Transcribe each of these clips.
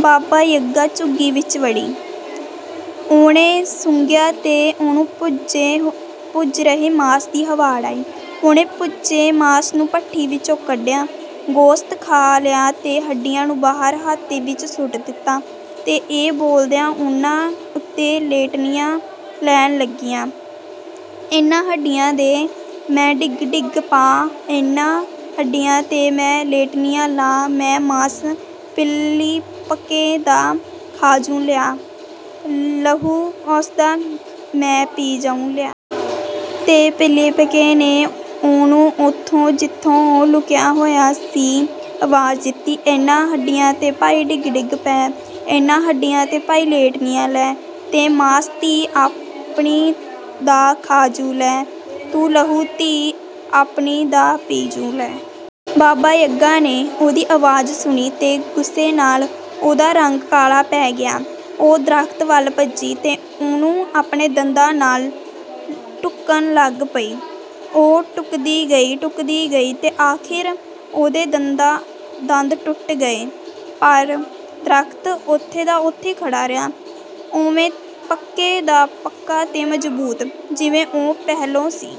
ਬਾਬਾ-ਯਗਾ ਝੁੱਗੀ ਵਿੱਚ ਵੜੀ। ਉਹਨੇ ਸੁੰਘਿਆ ਤੇ ਉਹਨੂੰ ਭੁੱਜ ਰਹੇ ਮਾਸ ਦੀ ਹਵਾੜ ਆਈ। ਉਹਨੇ ਭੁੱਜੇ ਮਾਸ ਨੂੰ ਭੱਠੀ ਵਿਚੋਂ ਕੱਢਿਆ, ਗੋਸ਼ਤ ਖਾ ਲਿਆ ਤੇ ਹੱਡੀਆਂ ਨੂੰ ਬਾਹਰ ਹਾਤੇ ਵਿੱਚ ਸੁੱਟ ਦਿੱਤਾ, ਤੇ ਇਹ ਬੋਲਦਿਆਂ ਉਹਨਾਂ ਉੱਤੇ ਲੇਟਣੀਆਂ ਲੈਣ ਲੱਗੀ, "ਇਹਨਾਂ ਹੱਡੀਆਂ 'ਤੇ ਮੈਂ ਡਿਗ-ਡਿਗ ਪਾਂ, ਇਹਨਾਂ ਹੱਡੀਆਂ 'ਤੇ ਮੈਂ ਲੇਟਣੀਆਂ ਲਾਂ, ਮੈਂ ਮਾਸ ਪਿਲੀਪਕੇ ਦਾ ਖਾ ਜੁ ਲਿਐ, ਲਹੂ ਓਸ ਦਾ ਮੈਂ ਪੀ ਜੁ ਲਿਐ।"। ਤੇ ਪਿਲੀਪਕੇ ਨੇ ਉਹਨੂੰ ਓਥੋਂ, ਜਿੱਥੇ ਉਹ ਲੁਕਿਆ ਹੋਇਆ ਸੀ, ਆਵਾਜ਼ ਦਿੱਤੀ, "ਇਹਨਾਂ ਹੱਡੀਆਂ 'ਤੇ ਪਈ ਡਿਗ-ਡਿਗ ਪੈ, ਇਹਨਾਂ ਹੱਡੀਆਂ 'ਤੇ ਪਈ ਲੇਟਣੀਆਂ ਲੈ, ਤੇ ਮਾਸ ਧੀ ਆਪਣੀ ਦਾ ਖਾ ਜੁ ਲਿਐ, ਤੂੰ ਲਹੂ ਧੀ ਆਪਣੀ ਦਾ ਪੀ ਜੁ ਲਿਐ।" ਬਾਬਾ-ਯਗਾ ਨੇ ਉਹਦੀ ਆਵਾਜ਼ ਸੁਣੀ ਤੇ ਗੁੱਸੇ ਨਾਲ ਉਹਦਾ ਰੰਗ ਕਾਲਾ ਪੈ ਗਿਆ। ਉਹ ਦਰਖ਼ਤ ਵੱਲ ਭੱਜੀ ਤੇ ਉਹਨੂੰ ਆਪਣੇ ਦੰਦਾਂ ਨਾਲ ਟੁੱਕਣ ਲੱਗ ਪਈ। ਉਹ ਟੁੱਕਦੀ ਗਈ, ਟੁੱਕਦੀ ਗਈ ਤੇ ਅਖ਼ੀਰ ਉਹਦੇ ਦੰਦ ਟੁੱਟ ਗਏ, ਪਰ ਦਰਖ਼ਤ ਓਥੇ ਦਾ ਓਥੇ ਖੜ੍ਹਾ ਰਿਹਾ, ਉਵੇਂ ਪੱਕੇ ਦਾ ਪੱਕਾ ਤੇ ਮਜ਼ਬੂਤ, ਜਿਵੇਂ ਉਹ ਪਹਿਲੋਂ ਸੀ।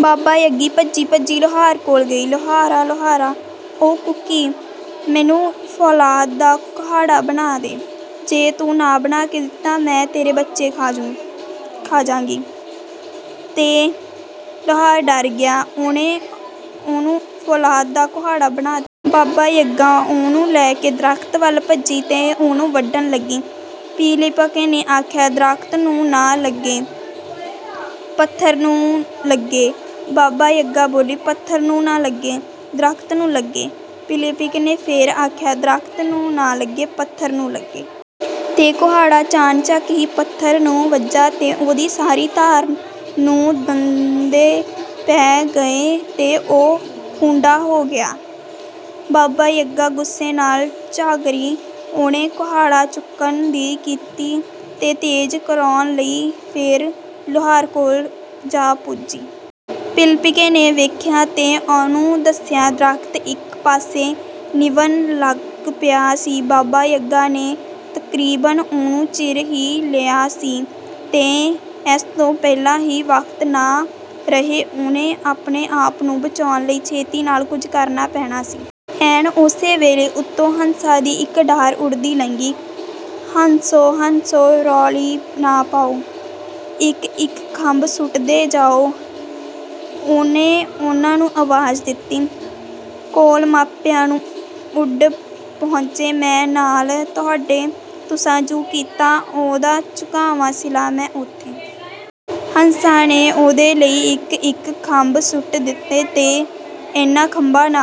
ਬਾਬਾ-ਯਗਾ ਭੱਜੀ-ਭੱਜੀ ਲੁਹਾਰ ਕੋਲ ਗਈ। "ਲੁਹਾਰਾ, ਲੁਹਾਰਾ," ਉਹ ਕੂਕੀ, "ਮੈਨੂੰ ਫ਼ੌਲਾਦ ਦਾ ਕੁਹਾੜਾ ਬਣਾ ਦੇ! ਜੇ ਤੂੰ ਨਾ ਬਣਾ ਕੇ ਦਿੱਤਾ, ਮੈਂ ਤੇਰੇ ਬੱਚੇ ਖਾ ਜਾਂਗੀ।" ਤੇ ਲੁਹਾਰ ਡਰ ਗਿਆ ਤੇ ਉਹਨੇ ਉਹਨੂੰ ਫ਼ੌਲਾਦ ਦਾ ਕੁਹਾੜਾ ਬਣਾ ਦਿੱਤਾ। ਬਾਬਾ-ਯਗਾ ਉਹਨੂੰ ਲੈ ਦਰਖ਼ਤ ਵੱਲ ਭੱਜੀ ਤੇ ਉਹਨੂੰ ਵੱਢਣ ਲੱਗੀ। ਪਿਲੀਪਕੇ ਨੇ ਆਖਿਆ, "ਦਰਖ਼ਤ ਨੂੰ ਨਾ ਲੱਗੇ, ਪੱਥਰ ਨੂੰ ਲੱਗੇ!" ਬਾਬਾ-ਯਗਾ ਬੋਲੀ, "ਪੱਥਰ ਨੂੰ ਨਾ ਲੱਗੇ, ਦਰਖ਼ਤ ਨੂੰ ਲੱਗੇ!" ਪਿਲੀਪਕੇ ਨੇ ਫੇਰ ਆਖਿਆ, "ਦਰਖ਼ਤ ਨੂੰ ਨਾ ਲੱਗੇ, ਪੱਥਰ ਨੂੰ ਲੱਗੇ!" ਤੇ ਕੁਹਾੜਾ ਚਾਣਚਕ ਹੀ ਪੱਥਰ ਨੂੰ ਵੱਜਾ ਤੇ ਉਹਦੀ ਸਾਰੀ ਧਾਰ ਨੂੰ ਦੰਦੇ ਪੈ ਗਏ ਤੇ ਉਹ ਖੁੰਢਾ ਹੋ ਗਿਆ। ਬਾਬਾ-ਯਗਾ ਗੁੱਸੇ ਨਾਲ ਚਾਂਗਰੀ। ਉਹਨੇ ਕੁਹਾੜਾ ਚੁੱਕਣ ਦੀ ਕੀਤੀ ਤੇ ਤੇਜ਼ ਕਰਾਉਣ ਲਈ ਫੇਰ ਲੁਹਾਰ ਕੋਲ ਜਾ ਪੁੱਜੀ। ਪਿਲੀਪਕੇ ਨੇ ਵੇਖਿਆ ਤੇ ਉਹਨੂੰ ਦਿਸਿਆ, ਦਰਖ਼ਤ ਇਕ ਪਾਸੇ ਨਿਵਣ ਲੱਗ ਪਿਆ ਸੀ। ਬਾਬਾ-ਯਗਾ ਨੇ ਤਕਰੀਬਨ ਉਹਨੂੰ ਚੀਰ ਹੀ ਲਿਆ ਸੀ, ਤੇ ਇਸ ਤੋਂ ਪਹਿਲਾਂ ਕਿ ਵਕਤ ਨਾ ਰਹੇ, ਉਹਨੂੰ ਆਪਣੇ ਆਪ ਨੂੰ ਬਚਾਉਣ ਲਈ ਛੇਤੀ ਨਾਲ ਕੁਝ ਕਰਨਾ ਪੈਣਾ ਸੀ। ਐਨ ਓਸੇ ਵੇਲੇ ਉੱਤੋਂ ਹੰਸਾਂ ਦੀ ਇਕ ਡਾਰ ਉੱਡਦੀ ਲੰਘੀ। "ਹੰਸੋ, ਹੰਸੋ, ਰੌਲੀ ਨਾ ਪਾਉ, ਇਕ-ਇਕ ਖੰਭ ਸੁੱਟਦੇ ਜਾਉ," ਉਹਨੇ ਉਹਨਾਂ ਨੂੰ ਆਵਾਜ਼ ਦਿੱਤੀ। "ਕੋਲ ਮਾਪਿਆਂ ਉੱਡ ਪਹੁੰਚਾਂ, ਮੈਂ ਨਾਲ ਤੁਹਾਡੇ; ਤੁਸਾਂ ਜੁ ਕੀਤਾ, ਉਹਦਾ ਚੁਕਾਵਾਂ ਸਿਲਾ ਮੈਂ ਓਥੇ।" ਹੰਸਾਂ ਨੇ ਉਹਦੇ ਲਈ ਇਕ-ਇਕ ਖੰਭ ਸੁੱਟ ਦਿੱਤਾ, ਤੇ ਇਹਨਾਂ ਖੰਭਾਂ ਨਾਲ